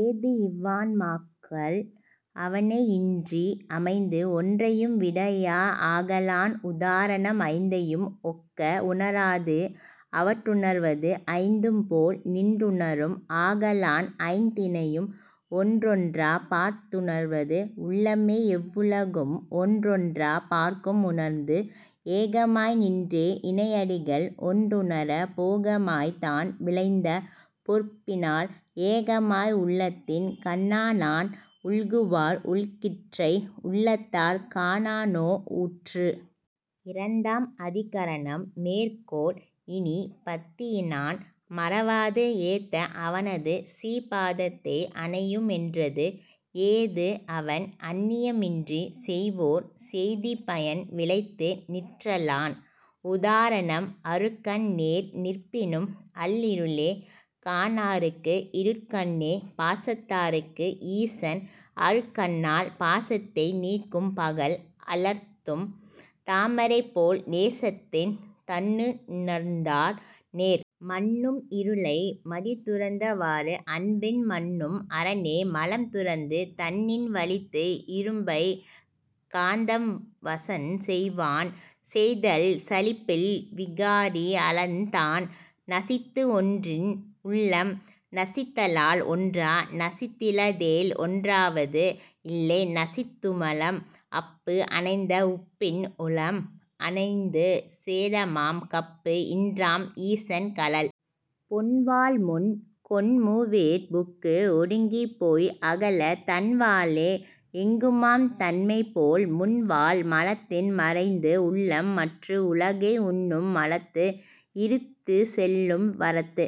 ஏது இவ்வான்மாக்கள் அவனையின்றி அமைந்து ஒன்றையும் விடயியா ஆகலான் உதாரணம் ஐந்தையும் ஒக்க உணராது அவற்றுணர்வது ஐந்தும்போல் நின்றுணரும் ஆகலான் ஐந்தினையும் ஒன்றொன்றாப் பார்த்துணர்வது உள்ளமே எவ்வுலகும் ஒன்றொன்றாப் பார்க்கும் உணர்ந்து. ஏகமாய் நின்றே இணையடிகள் ஒன்றுணரப் போகமாய்த் தான் விளைந்த பொற்பினால் ஏகமாய் உள்ளத்தின் கண்ணானான் உள்குவார் உள்கிற்றை உள்ளத்தாற் காணானோ உற்று. இரண்டாம் அதிகரணம் மேற்கோள் இனிப் பத்தியினான் மறவாது ஏத்த அவனது சீபாதத்தை அணையும் என்றது. ஏது அவன் அன்னியமின்றிச் செய்வோர் செய்திப்பயன் விளைத்து நிற்றலான். உதாரணம் அருக்கன் நேர் நிற்பினும் அல்லிருளே காணார்க்கு இருட்கண்ணே பாசத்தார்க்கு ஈசன் அருட்கண்ணால் பாசத்தை நீக்கும் பகல் அலர்த்தும் தாமரைபோல் நேசத்தின் தன்னுணுர்ந்தார் நேர். மன்னும் இருளை மதிதுரந்த வாறு அன்பின் மன்னும் அரனே மலம் துரந்து தன்னின் வலித்து இரும்பைக் காந்தம் வசஞ்செய்வான் செய்தல் சலிப்பில் விகாரி அலன் தான். நசித்து ஒன்றின் உள்ளம் நசித்தலால் ஒன்றா நசித்திலதேல் ஒன்றாவது இல்லை நசித்துமலம் அப்பு அணைந்த உப்பின் உளம் அணைந்து சேடமாம் கப்பு இன்றாம் ஈசன் கழல். பொன்வாள்முன் கொண்மூவிற் புக்கு ஒடுங்கிப்போய் அகலத் தன்வாளே எங்குமாம் தன்மைபோல் முன்வாள் மலத்தின் மறைந்து உள்ளம் மற்று உலகை உண்ணும் மலத்து இரித்துச் செல்லும் வரத்து.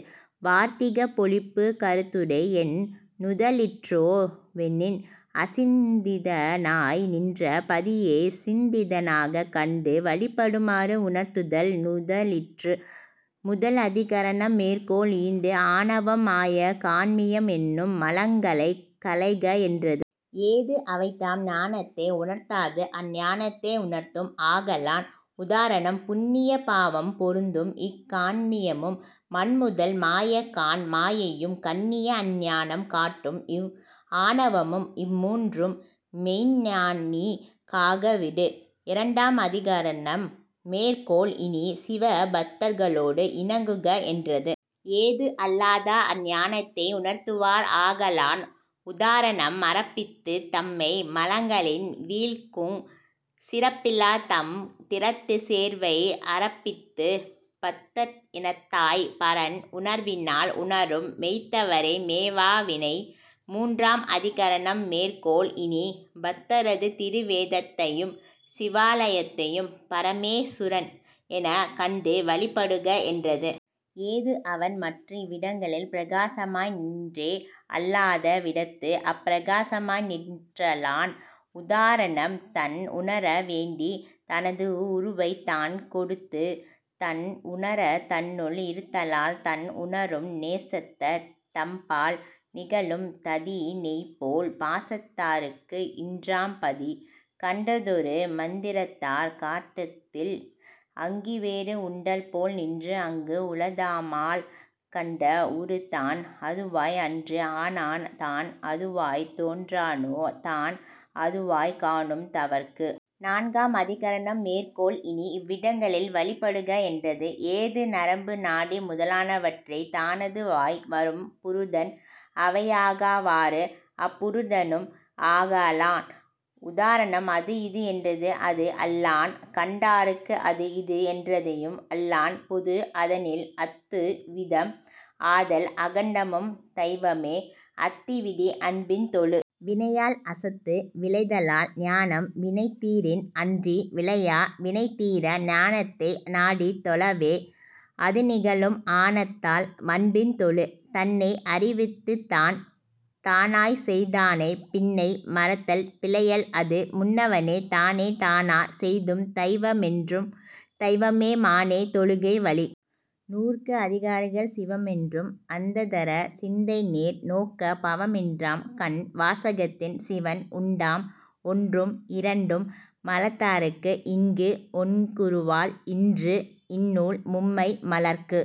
வார்த்திகப் பொழிப்பு கருத்துரை: என் நுதலிற்றோ வெனின், அசிந்திதனாய் நின்ற பதியைச் சிந்திதனாகக் கண்டு வழிபடுமாறுஉணர்த்துதல் நுதலிற்று. முதல் அதிகரணம் மேற்கோள் ஈண்டு ஆணவம் மாயை கான்மியம் எனும் மலங்களைக் களைக என்றது. ஏது அவைதாம் ஞானத்தை உணர்த்தாது அஞ்ஞானத்தை உணர்த்தும் ஆகலான். உதாரணம்: புண்ணிய பாவம் பொருந்தும் இக் கான்மியமும் மண்முதல் மாயைகாண் மாயையும் கண்ணிய அஞ்ஞானம் காட்டும் இவ் ஆணவமும் இம் மூன்றும் மெய்ஞ்ஞானிக் காகா விடு. இரண்டாம் அதிகரணம் மேற்கோள் இனிச் சிவபத்தர்களோடு இணங்குக என்றது. ஏது அல்லாதார் அஞ்ஞானத்தை உணர்த்துவார் ஆகலான். உதாரணம் மறப்பித்துத் தம்மை மலங்களின் வீழ்க்குஞ் சிறப்பிலார் தம்திறத்துச் சேர்வை அறப்பித்துப் பத்தர் இனத்தாய்ப் பரன் உணர்வினால் உணரும் மெய்த்தவரை மேவா வினை. மூன்றாம் அதிகரணம் மேற்கோள் இனிப் பத்தரது திருவேடத்தையும் சிவாலயத்தையும் பரமேசுரன் எனக் கண்டு வழிபடுக என்றது. ஏது அவன் மற்று இவ்விடங்களில் பிரகாசமாய் நின்றே அல்லாத விடத்து அப்பிரகாசமாய் நிற்றலான். உதாரணம் தன்உணர வேண்டித் தனது உருவைத் தான்கொடுத்து தன் உணரத் தன்னுள் இருத்தலால் தன் உணரும் நேசத்தர் தம்பால் நிகழும் ததிநெய்போல் பாசத்தார்க்கு இன்றாம் பதி. கண்டதொரு மந்திரத்தாற் காட்டத்தில் அங்கிவேறு உண்டல்போல் நின்று அங்கு உளதாமால் கண்ட உருத் தான் அதுவாய் அன்று ஆனான் தான் அதுவாய்த் தோன்றானோ தான் அதுவாய்க் காணும் தவர்க்கு. நான்காம் அதிகரணம் மேற்கோள் இனி இவ்விடங்களில் வழிபடுக என்றது. ஏது நரம்பு நாடி முதலானவற்றைத் தானதுவாய் வரும் புருடன் அவையாகாவாறு அப்புருடனும் ஆகலான். உதாரணம் அது இது என்றது அதுஅல்லான் கண்டார்க்கு அது இது என்றதையும் அல்லான் பொது அதனில் அத்துவிதம் ஆதல் அகண்டமும் தைவமே அத்திவிதி அன்பின் தொழு. வினையால் அசத்து விளைதலால் ஞானம் வினைதீரின் அன்றி விளையா வினைதீர ஞானத்தை நாடித் தொழவே அதுநிகழும் ஆனத்தால் அன்பின் தொழு. தன்னை அறிவித்துத் தான் தானாய்ச் செய்தானைப் பின்னை மறத்தல் பிழையல் அது முன்னவனே தானே தானாச் செய்தும் தைவமென்றும் தைவமே மானே தொழுகை வலி. நூற்கு அதிகாரிகள் சிவமென்றும் அந்ததர சிந்தைநேர் நோக்கப் பவமின்றாம் கண் வாசகத்தின் சிவன் உண்டாம் ஒன்றும் இரண்டும் மலத்தார்க்கு இங்கு ஒண்குருவால் இன்று இந்நூல் மும்மை மலர்க்கு